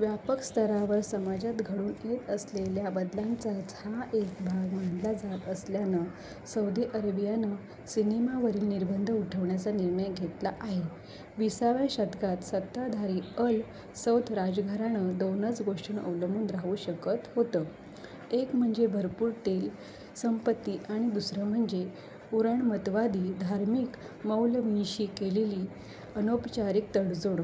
व्यापक स्तरावर समाजात घडून येत असलेल्या बदलांचाच हा एक भाग मानला जात असल्यानं सौदी अरेबियानं सिनेमावरील निर्बंध उठवण्याचा निर्णय घेतला आहे. वीस व्या शतकात सत्ताधारी अल सौद राजघराणं दोनच गोष्टींवर अवलंबून राहू शकत होतं, एक म्हणजे भरपूर तेल संपत्ती आणि दुसरं म्हणजे पुराणमतवादी धार्मिक मौलवींशी केलेली अनौपचारिक तडजोड.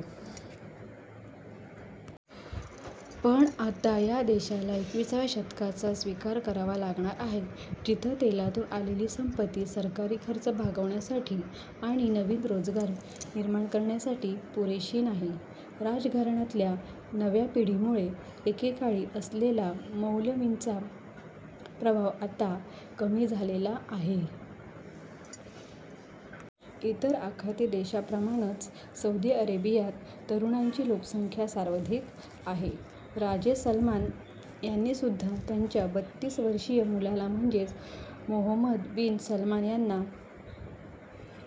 पण आता या देशाला एकवीस व्या शतकाचा स्वीकार करावा लागणार आहे. जिथं तेलातून आलेली संपत्ती सरकारी खर्च भागवण्यासाठी आणि नवीन रोजगार निर्माण करण्यासाठी पुरेशी नाही. राजघराण्यातल्या नव्या पिढीमुळे एकेकाळी असलेला मौलवींचा प्रभाव आता कमी झालेला आहे. इतर आखाती देशांप्रमाणंच सौदी अरेबियात तरुणांची लोकसंख्या सर्वाधिक आहे. राजे सलमान यांनीसुद्धा त्यांच्या बतीस वर्षीय मुलाला म्हणजेच मोहम्मद बिन सलमान यांना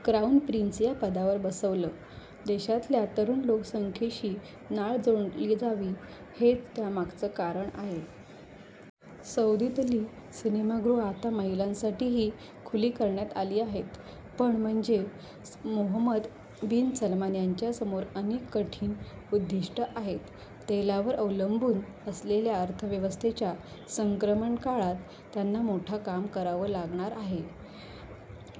क्राऊन प्रिंस या पदावर बसवलं. देशातल्या तरुण लोकसंख्येशी नाळ जोडली जावी हेच त्यामागचं कारण होतं. सौदीतली सिनेमागृह आता महिलांसाठीही खुली करण्यात आली आहेत. पण म्हणजे मोहम्मद बिन सलमान यांच्यासमोर अनेक कठीण उद्दीष्ट आहेत. तेलावर अवलंबून असलेल्या अर्थव्यवस्थेच्या संक्रमण काळत त्यांना मोठं काम करावं लागणार आहे.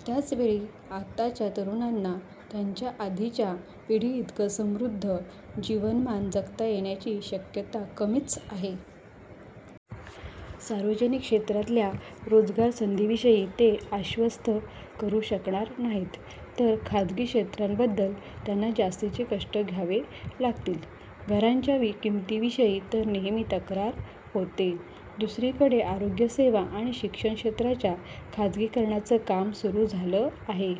त्याचवेळी आताच्या तरुणांना त्यांच्या आधीच्या पिढीइतकं समृद्ध जीवनमान जगता येण्याची शक्यता कमीच आहे. सार्वजनिक क्षेत्रातल्या रोजगार संधीविषयी ते आश्वस्त करू शकणार नाहीत तर खाजगी क्षेत्राबद्दल त्यांना जास्तीचे कष्ट घ्यावे लागतील. घरांच्या किंमतीविषयी तर नेहमी तक्रार होते. दुसरीकडे आरोग्यसेवा आणि शिक्षण क्षेत्राच्या खाजगीकरणाचं काम सुरू झालं आहे.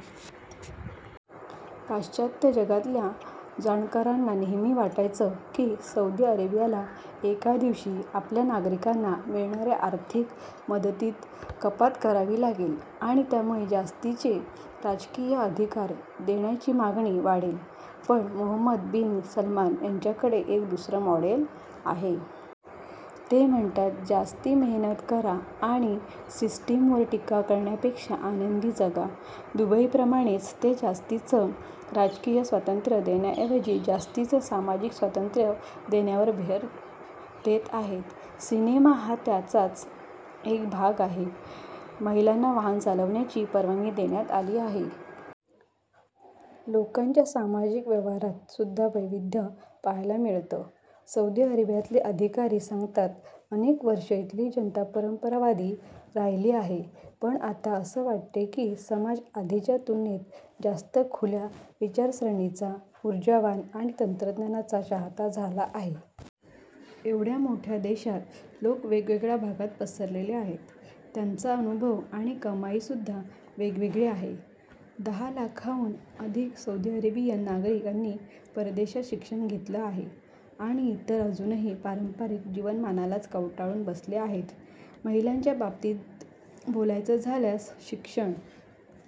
पाश्चात्य जगतातल्या जाणकारांना नेहमी वाटायचं की सौदी अरेबियाला एका दिवशी आपल्या नागरीकांना मिळणाऱ्या आर्थिक मदतीत कपात करावी लागेल आणि त्यामुळे जास्तीचे राजकीय अधिकार देण्याची मागणी वाढेल. पण मोहम्मद बिन सलमान यांच्याकडे एक दूसर मॉडेल आहे. ते म्हणतात जास्ती मेहनत करा आणि सिस्टमवर टीका करण्यापेक्षा आनंदी जगा. दूबईप्रमाणेच ते जास्तीचं राजकीय स्वातंत्र्य देण्याऐवजी जास्तीचं सामाजिक स्वातंत्र्य देण्यावर भर देत आहेत. सिनेमा हा त्याचाच एक भाग आहे. महिलांना वाहन चालवण्याची परवानगी देण्यात आली आहे. लोकांच्या सामाजिक व्यवहारात सुद्धा वैविध्य पाहायला मिळतं. सौदी अरेबियातले अधिकारी सांगतात अनेक वर्षं इथली जनता परंपरावादी राहीली आहे, पण आता असं वाटतंय की समाज आधीच्या तुलनेत जास्त खुल्या विचारसरणीचा, उर्जावान आणि तंत्रज्ञानाचा चाहता झाला आहे. एवढ्या मोठ्या देशात लोक वेगवेगळ्या भागात पसरलेले आहेत. त्यांचा अनुभव आणि कमाईसुद्धा वेगवेगळी आहे. दहा लाखांहून अधिक सौदी अरेबियन नागरिकांनी परदेशात शिक्षण घेतलं आहे आणि इतर अजूनही पारंपारिक जीवनमानालाच कवटाळून बसले आहेत. महिलांच्या बाबतीत बोलायचं झाल्यास शिक्षण